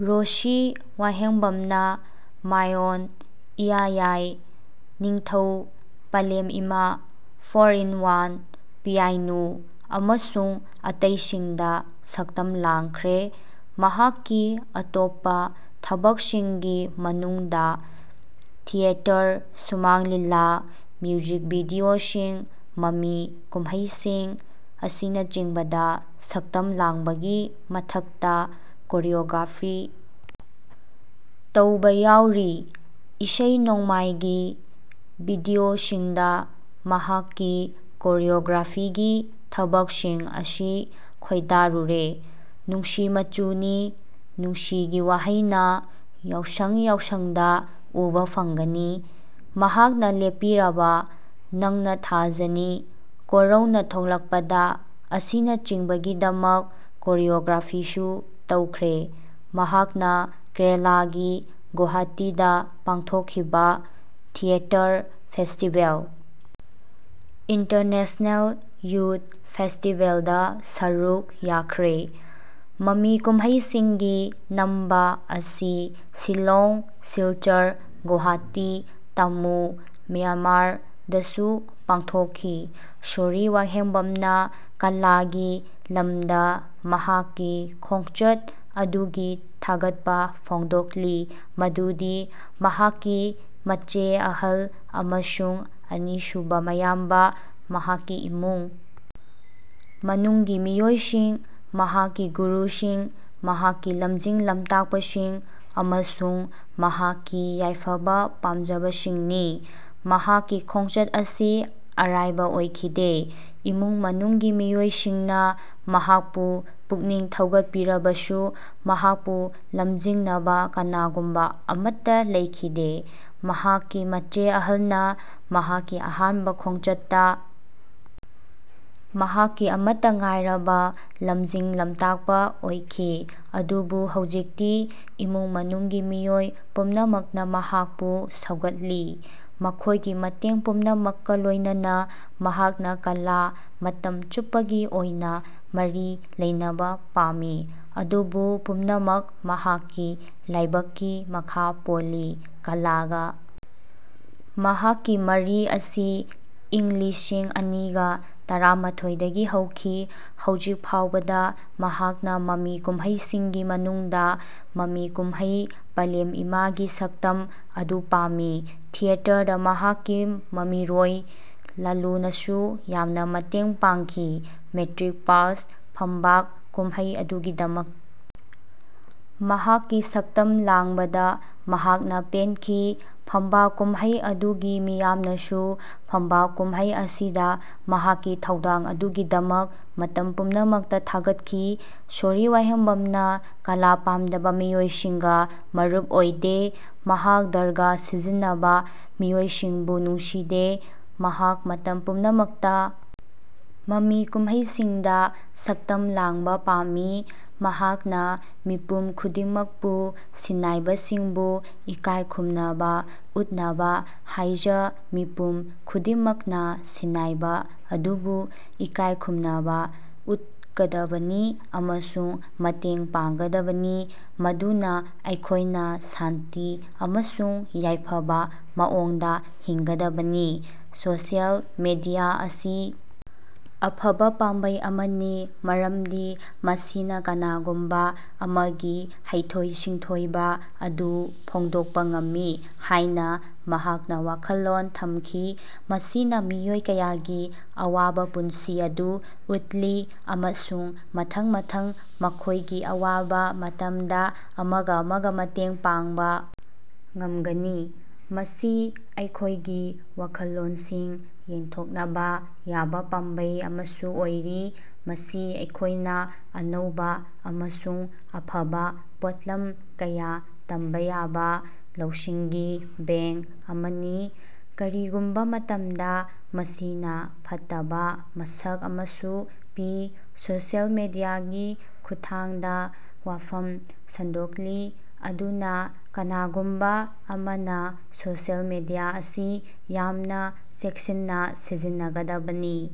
ꯁꯣꯔꯤ ꯋꯥꯍꯦꯡꯕꯝꯅ ꯃꯥꯏ ꯑꯣꯟ, ꯏꯌꯥ ꯌꯥꯏ, ꯅꯤꯡꯊꯧ, ꯄꯂꯦꯝ ꯏꯃꯥ, ꯐꯣꯔ ꯏꯟ ꯋꯥꯟ, ꯄꯤꯌꯥꯏꯅꯨ ꯑꯃꯁꯨꯡ ꯑꯇꯩꯁꯤꯡꯗ ꯁꯛꯇꯝ ꯂꯥꯡꯈ꯭ꯔꯦ꯫ ꯃꯍꯥꯛꯀꯤ ꯑꯇꯣꯞꯄ ꯊꯕꯛꯁꯤꯡꯒꯤ ꯃꯅꯨꯡꯗ ꯊꯤꯌꯦꯇꯔ, ꯁꯨꯃꯥꯡ ꯂꯤꯂꯥ, ꯃ꯭ꯌꯨꯖꯤꯛ ꯚꯤꯗꯤꯑꯣꯁꯤꯡ, ꯃꯃꯤ ꯀꯨꯝꯍꯩꯁꯤꯡ ꯑꯁꯤꯅꯆꯤꯡꯕꯗ ꯁꯛꯇꯝ ꯂꯥꯡꯕꯒꯤ ꯃꯊꯛꯇ ꯀꯣꯔꯤꯑꯣꯒ꯭ꯔꯥꯐꯤ ꯇꯧꯕ ꯌꯥꯎꯔꯤ꯫ ꯏꯁꯩ ꯅꯣꯡꯃꯥꯏꯒꯤ ꯚꯤꯗꯤꯑꯣꯁꯤꯡꯗ ꯃꯍꯥꯛꯀꯤ ꯀꯣꯔꯤꯌꯣꯒ꯭ꯔꯥꯐꯤꯒꯤ ꯊꯕꯛꯁꯤꯡ ꯑꯁꯤ ꯈꯣꯏꯗꯥꯔꯨꯔꯦ, ꯅꯨꯡꯁꯤ ꯃꯆꯨꯅꯤ, ꯅꯨꯡꯁꯤꯒꯤ ꯋꯥꯍꯩꯅ, ꯌꯥꯎꯁꯡ ꯌꯥꯎꯁꯡꯗ ꯎꯕ ꯐꯪꯒꯅꯤ꯫ ꯃꯍꯥꯛꯅ ꯂꯦꯞꯄꯤꯔꯕ, ꯅꯪꯅ ꯊꯥꯖꯅꯤ, ꯀꯣꯔꯧꯅ ꯊꯣꯛꯂꯛꯄꯗ ꯑꯁꯤꯅꯆꯤꯡꯕꯒꯤꯗꯃꯛ ꯀꯣꯔꯤꯑꯣꯒ꯭ꯔꯥꯐꯤꯁꯨ ꯇꯧꯈ꯭ꯔꯦ꯫ ꯃꯍꯥꯛꯅ ꯀꯦꯔꯂꯥꯒꯤ ꯒꯨꯋꯥꯍꯥꯇꯤꯗ ꯄꯥꯡꯊꯣꯛꯈꯤꯕ ꯊꯤꯌꯦꯇꯔ ꯐꯦꯁꯇꯤꯚꯦꯜ, ꯏꯟꯇꯔꯅꯦꯁꯅꯦꯜ ꯌꯨꯊ ꯐꯦꯁꯇꯤꯚꯦꯜꯗ ꯁꯔꯨꯛ ꯌꯥꯈ꯭ꯔꯦ꯫ ꯃꯃꯤ ꯀꯨꯝꯍꯩꯁꯤꯡꯒꯤ ꯅꯝꯕ ꯑꯁꯤ ꯁꯤꯜꯂꯣꯡ, ꯁꯤꯜꯆꯔ, ꯒꯨꯋꯥꯍꯥꯇꯤ, ꯇꯥꯃꯨ (ꯃ꯭ꯌꯥꯟꯃꯥꯔ)ꯗꯁꯨ ꯄꯥꯡꯊꯣꯛꯈꯤ꯫ ꯁꯣꯔꯤ ꯋꯥꯍꯦꯡꯕꯝꯅ ꯀꯂꯥꯒꯤ ꯂꯝꯗ ꯃꯍꯥꯛꯀꯤ ꯈꯣꯡꯆꯠ ꯑꯗꯨꯒꯤ ꯊꯥꯒꯠꯄ ꯐꯣꯡꯗꯣꯛꯂꯤ ꯃꯗꯨꯗꯤ ꯃꯍꯥꯛꯀꯤ ꯃꯆꯦ ꯑꯍꯜ ꯑꯃꯁꯨꯡ ꯑꯅꯤꯁꯨꯕ ꯃꯌꯥꯝꯕ, ꯃꯍꯥꯛꯀꯤ ꯏꯃꯨꯡ ꯃꯅꯨꯡꯒꯤ ꯃꯤꯑꯣꯏꯁꯤꯡ, ꯃꯍꯥꯛꯀꯤ ꯒꯨꯔꯨꯁꯤꯡ, ꯃꯍꯥꯛꯀꯤ ꯂꯝꯖꯤꯡ ꯂꯝꯇꯥꯛꯄꯁꯤꯡ ꯑꯃꯁꯨꯡ ꯃꯍꯥꯛꯀꯤ ꯌꯥꯏꯐꯕ ꯄꯥꯝꯖꯕꯁꯤꯡꯅꯤ꯫ ꯃꯍꯥꯛꯀꯤ ꯈꯣꯡꯆꯠ ꯑꯁꯤ ꯑꯔꯥꯏꯕ ꯑꯣꯏꯈꯤꯗꯦ꯫ ꯏꯃꯨꯡ ꯃꯅꯨꯡꯒꯤ ꯃꯤꯑꯣꯏꯁꯤꯡꯅ ꯃꯍꯥꯛꯄꯨ ꯄꯨꯛꯅꯤꯡ ꯊꯧꯒꯠꯄꯤꯔꯕꯁꯨ ꯃꯍꯥꯛꯄꯨ ꯂꯝꯖꯤꯡꯅꯕ ꯀꯅꯥꯒꯨꯝꯕ ꯑꯃꯠꯇ ꯂꯩꯈꯤꯗꯦ꯫ ꯃꯍꯥꯛꯀꯤ ꯃꯆꯦ ꯑꯍꯜꯅ ꯃꯍꯥꯛꯀꯤ ꯑꯍꯥꯟꯕ ꯈꯣꯡꯆꯠꯇ ꯃꯍꯥꯛꯀꯤ ꯑꯃꯠꯇ ꯉꯥꯏꯔꯕ ꯂꯝꯖꯤꯡ ꯂꯝꯇꯥꯛꯄ ꯑꯣꯏꯈꯤ ꯑꯗꯨꯕꯨ ꯍꯧꯖꯤꯛꯇꯤ ꯏꯃꯨꯡ ꯃꯅꯨꯡꯒꯤ ꯃꯤꯑꯣꯏ ꯄꯨꯝꯅꯃꯛꯅ ꯃꯍꯥꯛꯄꯨ ꯁꯧꯒꯠꯂꯤ꯫ ꯃꯈꯣꯏꯒꯤ ꯃꯇꯦꯡ ꯄꯨꯝꯅꯃꯛꯀ ꯂꯣꯏꯅꯅ ꯃꯍꯥꯛꯅ ꯀꯂꯥꯒ ꯃꯇꯝ ꯆꯨꯞꯄꯒꯤ ꯑꯣꯏꯅ ꯃꯔꯤ ꯂꯩꯅꯕ ꯄꯥꯝꯃꯤ꯫ ꯑꯗꯨꯕꯨ ꯄꯨꯝꯅꯃꯛ ꯃꯍꯥꯛꯀꯤ ꯂꯥꯏꯕꯛꯀꯤ ꯃꯈꯥ ꯄꯣꯜꯂꯤ꯫ ꯀꯂꯥꯒ ꯃꯍꯥꯛꯀꯤ ꯃꯔꯤ ꯑꯁꯤ ꯏꯪ ꯂꯤꯁꯤꯡ ꯑꯅꯤꯒ ꯇꯔꯥꯃꯥꯊꯣꯏꯗꯒꯤ ꯍꯧꯈꯤ꯫ ꯍꯧꯖꯤꯛ ꯐꯥꯎꯕꯗ ꯃꯍꯥꯛꯅ ꯃꯃꯤ ꯀꯨꯝꯍꯩꯁꯤꯡꯒꯤ ꯃꯅꯨꯡꯗ ꯃꯃꯤ ꯀꯨꯝꯍꯩ 'ꯄꯥꯂꯦꯝ ꯏꯃꯥ'ꯒꯤ ꯁꯛꯇꯝ ꯑꯗꯨ ꯄꯥꯝꯃꯤ꯫ ꯊꯤꯌꯦꯇꯔꯗ ꯃꯍꯥꯛꯀꯤ ꯃꯃꯤꯔꯣꯏ ꯂꯥꯂꯨꯅꯁꯨ ꯌꯥꯝꯅ ꯃꯇꯦꯡ ꯄꯥꯡꯈꯤꯕ 'ꯃꯦꯇ꯭ꯔꯤꯛ ꯄꯥꯁ' ꯐꯝꯕꯥꯛ ꯀꯨꯝꯍꯩ ꯑꯗꯨꯒꯤꯗꯃꯛ ꯃꯍꯥꯛꯀꯤ ꯁꯛꯇꯝ ꯂꯥꯡꯕꯗ ꯃꯍꯥꯛꯅ ꯄꯦꯟꯈꯤ꯫ ꯐꯝꯕꯥꯛ ꯀꯨꯝꯍꯩ ꯑꯗꯨꯒꯤ ꯃꯤꯌꯥꯝꯅꯁꯨ ꯐꯝꯕꯥꯛ ꯀꯨꯝꯍꯩ ꯑꯁꯤꯗ ꯃꯍꯥꯛꯀꯤ ꯊꯧꯗꯥꯡ ꯑꯗꯨꯒꯤꯗꯃꯛ ꯃꯇꯝ ꯄꯨꯝꯅꯃꯛꯇ ꯊꯥꯒꯠꯈꯤ꯫ ꯁꯣꯔꯤ ꯋꯥꯍꯦꯡꯕꯝꯅ ꯀꯂꯥ ꯄꯥꯝꯗꯕ ꯃꯤꯑꯣꯏꯁꯤꯡꯒ ꯃꯔꯨꯞ ꯑꯣꯏꯗꯦ꯫ ꯃꯍꯥꯛ ꯗ꯭ꯔꯒ ꯁꯤꯖꯤꯟꯅꯕ ꯃꯤꯑꯣꯏꯁꯤꯡꯕꯨ ꯅꯨꯡꯁꯤꯗꯦ꯫ ꯃꯍꯥꯛ ꯃꯇꯝ ꯄꯨꯝꯅꯃꯛꯇ ꯃꯃꯤ ꯀꯨꯝꯍꯩꯁꯤꯡꯗ ꯁꯛꯇꯝ ꯂꯥꯡꯕ ꯄꯥꯝꯃꯤ꯫ ꯃꯍꯥꯛꯅ ꯃꯤꯄꯨꯝ ꯈꯨꯗꯤꯡꯃꯛꯄꯨ ꯁꯤꯟꯅꯥꯏꯕꯁꯤꯡꯕꯨ ꯏꯀꯥꯏ ꯈꯨꯝꯅꯕ ꯎꯠꯅꯕ ꯍꯥꯏꯖ ꯃꯤꯄꯨꯝ ꯈꯨꯗꯤꯡꯃꯛꯅ ꯁꯤꯟꯅꯥꯏꯕ ꯑꯗꯨꯕꯨ ꯏꯀꯥꯏ ꯈꯨꯝꯅꯕ ꯎꯠꯀꯗꯕꯅꯤ ꯑꯃꯁꯨꯡ ꯃꯇꯦꯡ ꯄꯥꯡꯒꯗꯕꯅꯤ ꯃꯗꯨꯅ ꯑꯩꯈꯣꯏꯅ ꯁꯥꯟꯇꯤ ꯑꯃꯁꯨꯡ ꯌꯥꯏꯐꯕ ꯃꯑꯣꯡꯗ ꯍꯤꯡꯒꯗꯕꯅꯤ꯫ ꯁꯣꯁꯤꯌꯦꯜ ꯃꯤꯗꯤꯌꯥ ꯑꯁꯤ ꯑꯐꯕ ꯄꯥꯝꯕꯩ ꯑꯃꯅꯤ ꯃꯔꯝꯗꯤ ꯃꯁꯤꯅ ꯀꯅꯥꯒꯨꯝꯕ ꯑꯃꯒꯤ ꯍꯩꯊꯣꯏ ꯁꯤꯡꯊꯣꯏꯕ ꯑꯗꯨ ꯐꯣꯡꯗꯣꯛꯄ ꯉꯝꯃꯤ ꯍꯥꯏꯅ ꯃꯍꯥꯛꯅ ꯋꯥꯈꯜꯂꯣꯟ ꯊꯝꯈꯤ꯫ ꯃꯁꯤꯅ ꯃꯤꯑꯣꯏ ꯀꯌꯥꯒꯤ ꯑꯋꯥꯕ ꯄꯨꯟꯁꯤ ꯑꯗꯨ ꯎꯠꯂꯤ ꯑꯃꯁꯨꯡ ꯃꯊꯪ ꯃꯊꯪ ꯃꯈꯣꯏꯒꯤ ꯑꯋꯥꯕ ꯃꯇꯝꯗ ꯑꯃꯒ ꯑꯃꯒ ꯃꯇꯦꯡ ꯄꯥꯡꯕ ꯉꯝꯒꯅꯤ꯫ ꯃꯁꯤ ꯑꯩꯈꯣꯏꯒꯤ ꯋꯥꯈꯜꯂꯣꯟꯁꯤꯡ ꯌꯦꯟꯊꯣꯛꯅꯕ ꯌꯥꯕ ꯄꯥꯝꯕꯩ ꯑꯃꯁꯨ ꯑꯣꯏꯔꯤ꯫ ꯃꯁꯤ ꯑꯩꯈꯣꯏꯅ ꯑꯅꯧꯕ ꯑꯃꯁꯨꯡ ꯑꯐꯕ ꯄꯣꯠꯂꯝ ꯀꯌꯥ ꯇꯝꯕ ꯌꯥꯕ ꯂꯧꯁꯤꯡꯒꯤ ꯕꯦꯡꯛ ꯑꯃꯅꯤ꯫ ꯀꯔꯤꯒꯨꯝꯕ ꯃꯇꯝꯗ ꯃꯁꯤꯅ ꯐꯠꯇꯕ ꯃꯁꯛ ꯑꯃꯁꯨ ꯄꯤ꯫ ꯁꯣꯁꯤꯌꯦꯜ ꯃꯤꯗꯤꯌꯥꯒꯤ ꯈꯨꯠꯊꯥꯡꯗ ꯋꯥꯐꯝ ꯁꯟꯗꯣꯛꯂꯤ꯫ ꯑꯗꯨꯅ ꯀꯅꯥꯒꯨꯝꯕ ꯑꯃꯅ ꯁꯣꯁꯤꯌꯦꯜ ꯃꯤꯗꯤꯌꯥ ꯑꯁꯤ ꯌꯥꯝꯅ ꯆꯦꯛꯁꯤꯟꯅ ꯁꯤꯖꯤꯟꯅꯒꯗꯕꯅꯤ